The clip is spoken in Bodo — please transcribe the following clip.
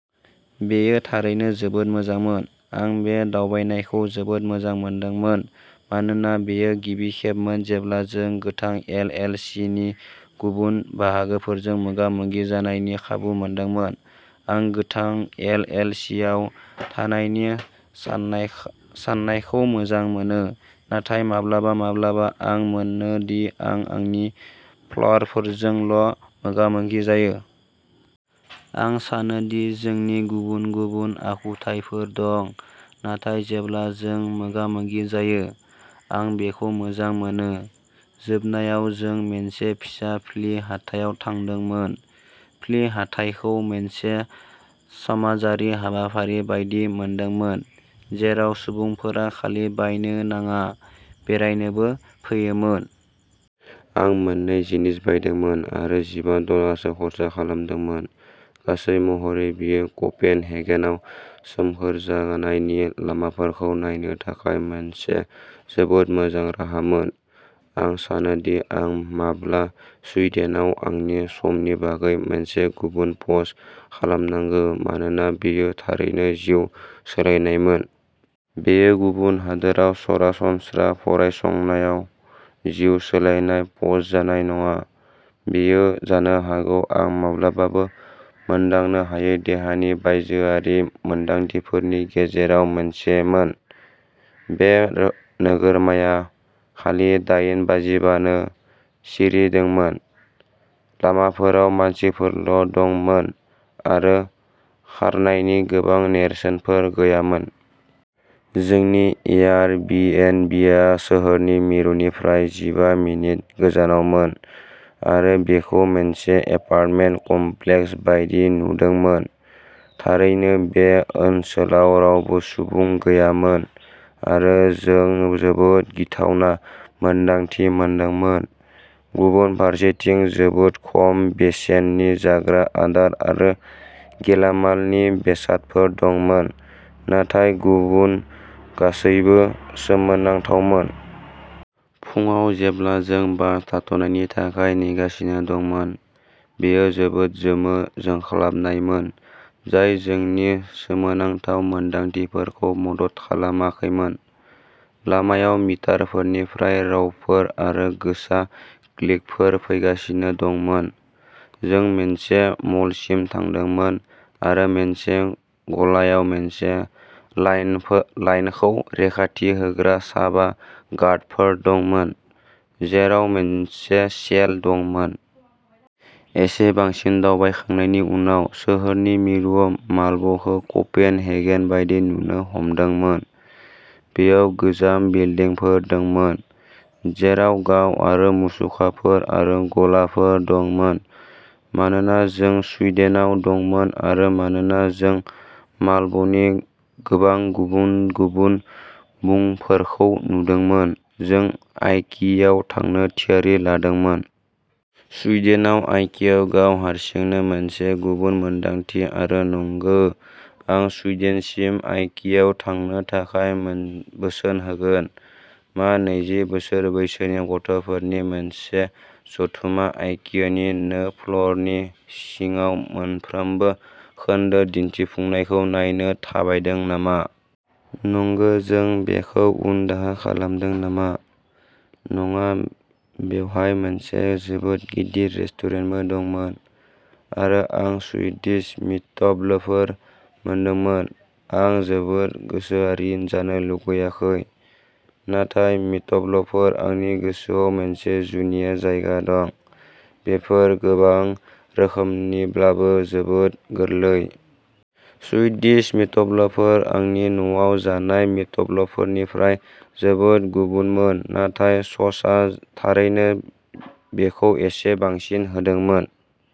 बेयो थारैनो जोबोद मोजांमोन। आं बे दावबायनायखौ जोबोद मोजां मोनदोंमोन मानोना बेयो गिबि खेबमोन जेब्ला जों गोथां एल. एल. सि. नि गुबुन बाहागोफोरजों मोगा-मोगि जानायनि खाबु मोनदोंमोन। आं गोथां एल. एल. सि. आव थानायनि सानाय साननायखौ मोजां मोनो, नाथाय माब्लाबा माब्लाबा आं मोनो दि आं आंनि फ्ल'रजोंल'मोगामोगि जायो। आं सानोदि जोंनि गुबुन-गुबुन आखुथायफोर दं, नाथाय जेब्ला जों मोगामोगि जायो, आं बेखौ मोजां मोनो। जोबनायाव, जों मोनसे फिसा फ्लि हाथायाव थांदोंमोन। फ्लि हाथायखौ मोनसे समाजारि हाबाफारि बायदि मोनदोंमोन जेराव सुबुंफोरा खालि बायनो नङा, बेरायनोबो फैयोमोन। आं मोननै जिनिस बायदोंमोन आरो जिबा डलारसो खर्सा खालामदोंमोन। गासै महरै बेयो क'पेनहेगेनआव सोमखोर जानायनि लामाफोरखौ नायनो थाखाय मोनसे जोबोद मोजां राहामोन। आं सानोदि आं माल्म', सुइडेनआव आंनि समनि बागै मोनसे गुबुन पस्ट खालामनांगौ मानोना बेयो थारैनो जिउ सोलायनायमोन। बेयो गुबुन हादोराव सरासनस्रा फरायसंनाय जिउ सोलायनाय पस्ट जानाय नङा। बेयो जानो हागौ आं माब्लाबाबो मोनदांनो हायै देहानि बायजोआरि मोनदांथिफोरनि गेजेराव मोनसेमोन। बे नोगोरमाया, खालि दाइन बाजियावनो, सिरि दंमोन। लामाफोराव मानसिफोरल' दंमोन आरो खारनायनि गोबां नेरसोनफोर गैयामोन। जोंनि एयारबिएनबिआ सोहोरनि मिरुनिफ्राय जिबा मिनिट गोजानावमोन आरो बेखौ मोनसे एपार्टमेन्ट कमप्लेक्स बायदि नुदोंमोन। थारैनो बे ओनसोलाव रावबो सुबुं गैयामोन आरो जों जोबोद गिथावना मोनदांथि मोनदोंमोन। गुबुन फारसेथिं, जोबोद खम बेसेननि जाग्रा आदार आरो गेलामालनि बेसादफोर दंमोन, नाथाय गुबुन गासैबो सोमोनांथावमोन। फुङाव जेब्ला जों बास थाथ'नायनि थाखाय नेगासिनो दंमोन, बेयो जोबोद जोमै जोंख्लाबनायमोन जाय जोंनि सोमोनांथाव मोन्दांथिफोरखौ मदद खालामाखैमोन। लामायाव मिटारफोरनिफ्राय रावफोर आरो गोसा क्लिकफोर फैगासिनो दंमोन। जों मोनसे मलसिम थांदोंमोन आरो मोनसे गलायाव मोनसे लाइन लाइनखौ रैखाथि होग्रा सा बा गार्डफोर दंमोन, जेराव मोनसे सेल दंमोन। एसे बांसिन दावबायखांनायनि उनाव। सोहोरनि मिरुआव माल्म'खौ क'पेनहेगन बायदि नुनो हमदोंमोन। बेयाव गोजाम बिल्डिंफोर दंमोन, जेराव गाब आरो मुसुखाफोर आरो गलाफोर दंमोन। मानोना जों सुइडेनाव दंमोन आरो मानोना जों माल्म'नि गोबां गुबुन गुबुन मोखांफोरखौ नुदोंमोन, जों आइकियाआव थांनो थिरांथा लादोंमोन। सुइडेनाव आइकियाआ गाव हारसिङैनो मोनसे गुबुन मोन्दांथि आरो नंगौ आं सुइडेनसिम आइकियाआव थांनो थाखाय बोसोन होगोन। मा नैजि बोसोर बैसोनि गथ'साफोरनि मोनसे जुथाया आइकियानि नै फ्ल'रनि सिङाव मोनफ्रोमबो खोन्दो दिन्थिफुंनायखौ नायनो थाबायदों नामा? नंगौ जों बेखौ उन दाहा खालामदों नामा? नङा बेवहाय मोनसे जोबोद गिदिर रेस्टुरेन्टबो दंमोन आरो आं सुइडिश मिटबलफोर मोनदोंमोन। आं जोबोद गोसोआरि जानो लुबैयाखै, नाथाय मिटबलफोरा आंनि गोसोआव मोनसे जुनिया जायगा दं। बेफोर गोबां रोखोमनिब्लाबो जोबोद गोरलै। सुइडिश मिटबलफोरा आंनि न'आव जानाय मिटबलफोरनिफ्राय जोबोद गुबुनमोन नाथाय ससआ थारैनो बेखौ एसे बांसिन होदोंमोन।